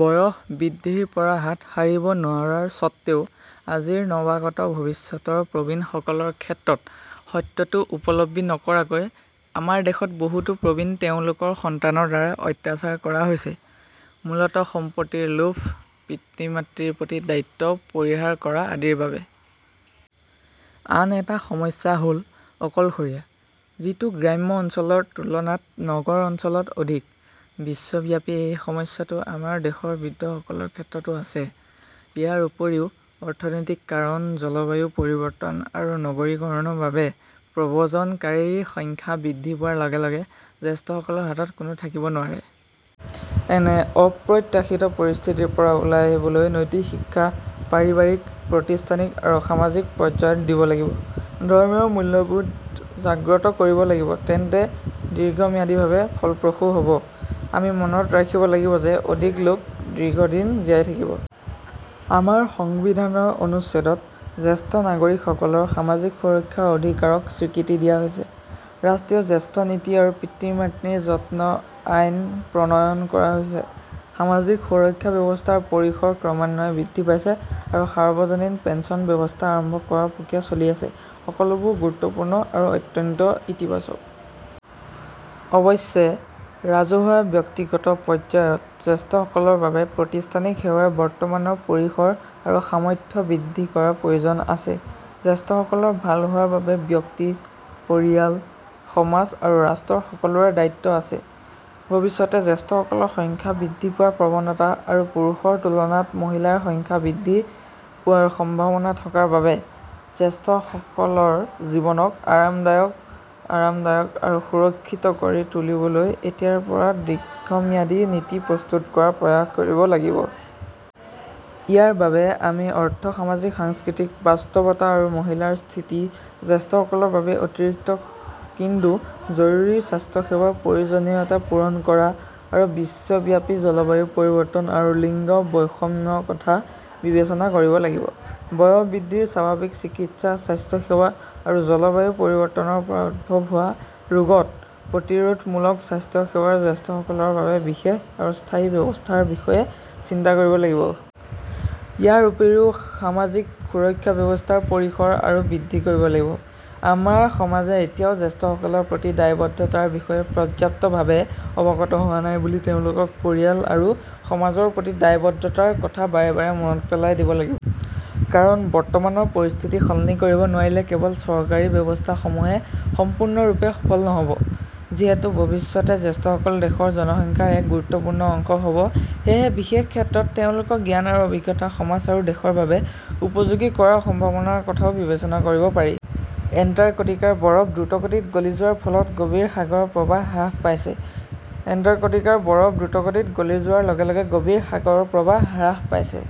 বয়স বৃদ্ধিৰ পৰা হাত সাৰিব নোৱাৰাৰ স্বত্ত্বেও আজিৰ নৱাগত ভৱিষ্যতৰ প্ৰবীণসকলৰ ক্ষেত্ৰত সত্যটো উপলব্ধি নকৰাকৈ, আমাৰ দেশত বহুতো প্ৰবীণ তেওঁলোকৰ সন্তানৰ দ্বাৰা অত্যাচাৰ কৰা হৈছে-মূলতঃ সম্পত্তিৰ লোভ, পিতৃ-মাতৃৰ প্ৰতি দায়িত্ব পৰিহাৰ কৰা আদিৰ বাবে। আন এটা সমস্যা হ "ল অকলশৰীয়া, যিটো গ্ৰাম্য অঞ্চলৰ তুলনাত নগৰ অঞ্চলত অধিক। বিশ্বব্যাপী এই সমস্যাটো আমাৰ দেশৰ বৃদ্ধসকলৰ ক্ষেত্ৰতো আছে। ইয়াৰ উপৰিও, অৰ্থনৈতিক কাৰণ, জলবায়ু পৰিৱৰ্তন আৰু নগৰীকৰণৰ বাবে প্ৰব্ৰজনকাৰীৰ সংখ্যা বৃদ্ধি পোৱাৰ লগে লগে জ্যেষ্ঠসকলৰ হাতত কোনো থাকিব নোৱাৰে। এনে অপ্ৰত্যাশিত পৰিস্থিতিৰ পৰা ওলাই আহিবলৈ নৈতিক শিক্ষা, পাৰিবাৰিক, প্ৰতিষ্ঠানিক আৰু সামাজিক পৰ্যায়ত দিব লাগিব, ধৰ্মীয় মূল্যবোধ জাগ্ৰত কৰিব লাগিব-তেন্তে দীৰ্ঘম্যাদীভাৱে ফলপ্ৰসূ হ 'ব। আমি মনত ৰাখিব লাগিব যে অধিক লোক দীৰ্ঘদিন জীয়াই থাকিব। আমাৰ সংবিধানৰ অনুচ্ছেদত জ্যেষ্ঠ নাগৰিকসকলৰ সামাজিক সুৰক্ষাৰ অধিকাৰক স্বীকৃতি দিয়া হৈছে, ৰাষ্ট্ৰীয় জ্যেষ্ঠ নীতি- আৰু পিতৃ-মাতৃৰ যত্ন আইন, প্ৰণয়ন কৰা হৈছে। সামাজিক সুৰক্ষা ব্যৱস্থাৰ পৰিসৰ ক্ৰমান্বয়ে বৃদ্ধি পাইছে আৰু সাৰ্বজনীন পেন্সন ব্যৱস্থা আৰম্ভ কৰাৰ প্ৰক্ৰিয়া চলি আছে-সকলোবোৰ গুৰুত্বপূৰ্ণ আৰু অত্যন্ত ইতিবাচক। অৱশ্যে, ৰাজহুৱা-ব্যক্তিগত পৰ্যায়ত জ্যেষ্ঠসকলৰ বাবে প্ৰতিষ্ঠানিক সেৱাৰ বৰ্তমানৰ পৰিসৰ আৰু সামৰ্থ্য বৃদ্ধি কৰাৰ প্ৰয়োজন আছে। জ্যেষ্ঠসকলৰ ভাল হোৱাৰ বাবে ব্যক্তি, পৰিয়াল, সমাজ আৰু ৰাষ্ট্ৰৰ সকলোৰে দায়িত্ব আছে। ভৱিষ্যতে জ্যেষ্ঠসকলৰ সংখ্যা বৃদ্ধি পোৱাৰ প্ৰৱণতা আৰু পুৰুষৰ তুলনাত মহিলাৰ সংখ্যা বৃদ্ধি পোৱাৰ সম্ভাৱনা থকাৰ বাবে, জ্যেষ্ঠসকলৰ জীৱনক আৰামদায়ক, আৰামদায়ক আৰু সুৰক্ষিত কৰি তুলিবলৈ এতিয়াৰ পৰা দীৰ্ঘম্যাদী নীতি প্ৰস্তুত কৰাৰ প্ৰয়াস কৰিব লাগিব। ইয়াৰ বাবে আমি অৰ্থ-সামাজিক-সাংস্কৃতিক বাস্তৱতা আৰু মহিলাৰ স্থিতি, জ্যেষ্ঠসকলৰ বাবে অতিৰিক্ত কিন্তু জৰুৰী স্বাস্থ্যসেৱাৰ প্ৰয়োজনীয়তা পূৰণ কৰা, আৰু বিশ্বব্যাপী জলবায়ু পৰিৱৰ্তন আৰু লিংগ বৈষম্যৰ কথা বিবেচনা কৰিব লাগিব। বয়স বৃদ্ধিৰ স্বাভাৱিক চিকিৎসা স্বাস্থ্যসেৱা আৰু জলবায়ু পৰিৱৰ্তনৰ পৰা উদ্ভৱ হোৱা ৰোগত প্ৰতিৰোধমূলক স্বাস্থ্যসেৱাৰ জ্যেষ্ঠসকলৰ বাবে বিশেষ আৰু স্থায়ী ব্যৱস্থাৰ বিষয়ে চিন্তা কৰিব লাগিব। ইয়াৰ উপৰিও সামাজিক সুৰক্ষা ব্যৱস্থাৰ পৰিসৰ আৰু বৃদ্ধি কৰিব লাগিব। আমাৰ সমাজে এতিয়াও জ্যেষ্ঠসকলৰ প্ৰতি দায়বদ্ধতাৰ বিষয়ে পৰ্যাপ্তভাৱে অৱগত হোৱা নাই বুলি তেওঁলোকক পৰিয়াল আৰু সমাজৰ প্ৰতি দায়বদ্ধতাৰ কথা বাৰে বাৰে মনত পেলাই দিব লাগিব। কাৰণ বৰ্তমানৰ পৰিস্থিতি সলনি কৰিব নোৱাৰিলে কেৱল চৰকাৰী ব্যৱস্থাসমূহে সম্পূৰ্ণৰূপে সফল নহ 'ব। যিহেতু ভৱিষ্যতে জ্যেষ্ঠসকল দেশৰ জনসংখ্যাৰ এক গুৰুত্বপূৰ্ণ অংশ হ 'ব, সেয়েহে বিশেষ ক্ষেত্ৰত তেওঁলোকৰ জ্ঞান আৰু অভিজ্ঞতা সমাজ আৰু দেশৰ বাবে উপযোগী কৰাৰ সম্ভাৱনাৰ কথাও বিবেচনা কৰিব পাৰি। এণ্টাৰ্কটিকাৰ বৰফ দ্ৰুতগতিত গলি যোৱাৰ ফলত গভীৰ সাগৰৰ প্ৰবাহ হ্ৰাস পাইছে এণ্টাৰ্কটিকাৰ বৰফ দ্ৰুতগতিত গলি যোৱাৰ লগে লগে গভীৰ সাগৰৰ প্ৰৱাহ হ্ৰাস পাইছে।